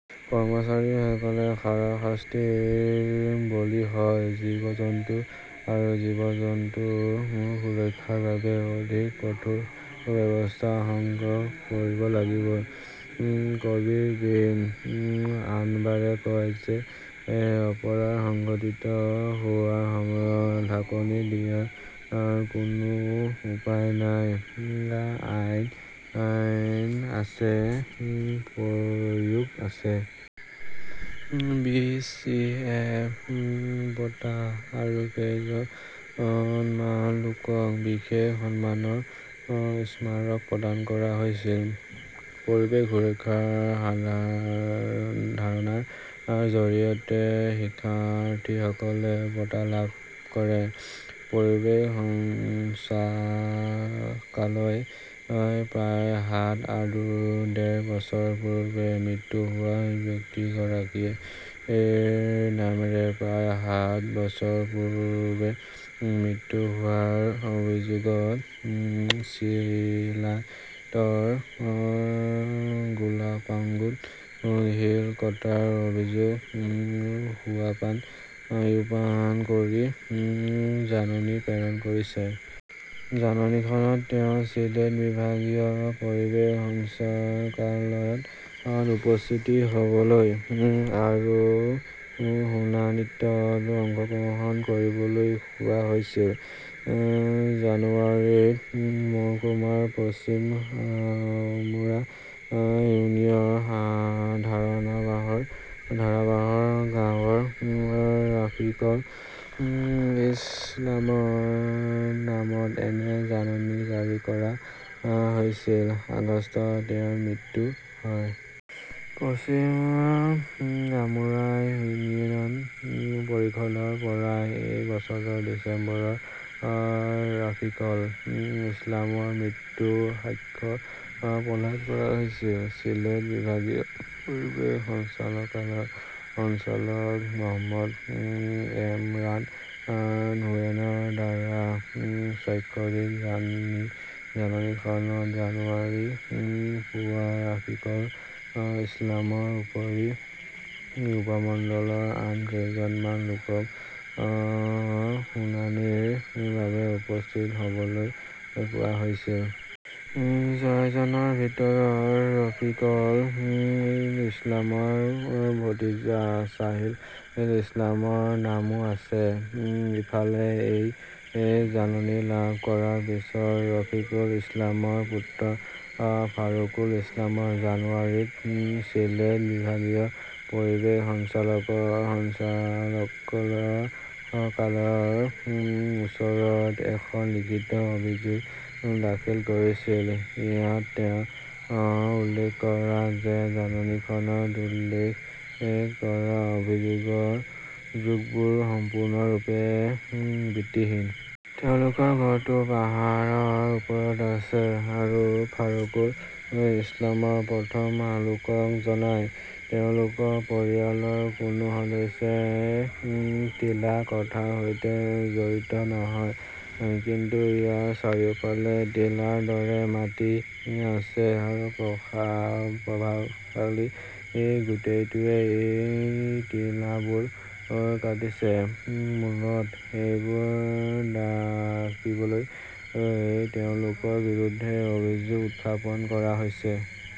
কৰ্মচাৰীসকল হাৰাশাস্তিৰ বলি হয়। জীৱ-জন্তু আৰু জীৱ-জন্তুৰ সুৰক্ষাৰ বাবে অধিক কঠোৰ ব্যৱস্থা সংগ্ৰহ কৰিব লাগিব। কবীৰ বিন আনবাৰে কয় যে অপৰাধ সংঘটিত হোৱাৰ সময়ত ঢাকনি দিয়াৰ কোনো উপায় নাই। আইন আছে, প্ৰয়োগ আছে। বি. চি. এফ. বঁটা আৰু কেইজনমান লোকক বিশেষ সন্মানৰ স্মাৰক প্ৰদান কৰা হৈছিল। পৰিৱেশ সুৰক্ষাৰ ধাৰণাৰ জৰিয়তে শিক্ষাৰ্থীসকলে বঁটা লাভ কৰে। পৰিৱেশ সঞ্চালকালয়ই প্ৰায় সাত আৰু ডেৰ বছৰ পূৰ্বে মৃত্যু হোৱা ব্যক্তিগৰাকীৰ নামেৰে প্ৰায় সাত বছৰ পূৰ্বে মৃত্যু হোৱাৰ অভিযোগত চিলাইটৰ গোলাপাগঞ্জত শিল কটাৰ অভিযোগ উত্থাপন কৰি জাননী প্ৰেৰণ কৰিছে। জাননীখনত তেওঁক চিলেট বিভাগীয় পৰিৱেশ সঞ্চালকালয়ত উপস্থিতি হ'বলৈ আৰু শুনানিটোত অংশগ্ৰহণ কৰিবলৈ কোৱা হৈছিল। জানুৱাৰীত মহকুমাৰ পশ্চিম আমুৰা ইউনিয়নৰ ধাৰাবাহৰ গাঁৱৰ ৰাফিকল ইছলামৰ নামত এনে জাননী জাৰি কৰা হৈছিল। আগষ্টত তেওঁৰ মৃত্যু হয়। পশ্চিম আমুৰা ইউনিয়ন পৰিষদৰ পৰা সেই বছৰৰ ডিচেম্বৰত ৰাফিকল ইছলামৰ মৃত্যুৰ সাক্ষ্য প্ৰদান কৰা হৈছিল। চিলেট বিভাগীয় পৰিৱেশ সঞ্চালকালয়ৰ সঞ্চালক মহম্মদ এমৰান হোসেনৰ দ্বাৰা স্বাক্ষৰিত জাননীখনত জানুৱাৰীৰ পুৱা ৰাফিকল ইছলামৰ উপৰিও উপমণ্ডলৰ আন কেইজনমান লোকক শুনানিৰ বাবে উপস্থিত হ'বলৈ কোৱা হৈছিল। ছয়জনৰ ভিতৰত ৰাফিকল ইছলামৰ ভতিজা ছাহিল ইছলামৰ নামো আছে। ইফালে, এই জাননী লাভ কৰাৰ পিছত ৰাফিকল ইছলামৰ পুত্ৰ ফাৰুকুল ইছলামে জানুৱাৰীত চিলেট বিভাগীয় পৰিৱেশ সঞ্চালকালয়ৰ সঞ্চালকালয়ৰ ওচৰত এখন লিখিত অভিযোগ দাখিল কৰিছিল। ইয়াত তেওঁ উল্লেখ কৰিছে যে জাননীখনত উল্লেখ কৰা অভিযোগবোৰ সম্পূৰ্ণৰূপে ভিত্তিহীন। তেওঁলোকৰ ঘৰটো পাহাৰৰ ওপৰত আছে, ফাৰুকুল ইছলামই প্ৰথম আলোকক জনায়। তেওঁলোকৰ পৰিয়ালৰ কোনো সদস্যই টিলা কটাৰ সৈতে জড়িত নহয়। কিন্তু ইয়াৰ চাৰিওফালে টিলাৰ দৰে মাটি আছে। প্ৰভাৱশালী গোটটোৱে সেই টিলাবোৰ কাটিছে। মূলতঃ, সেইবোৰ ঢাকিবলৈ তেওঁলোকৰ বিৰুদ্ধে অভিযোগ উত্থাপন কৰা হৈছে।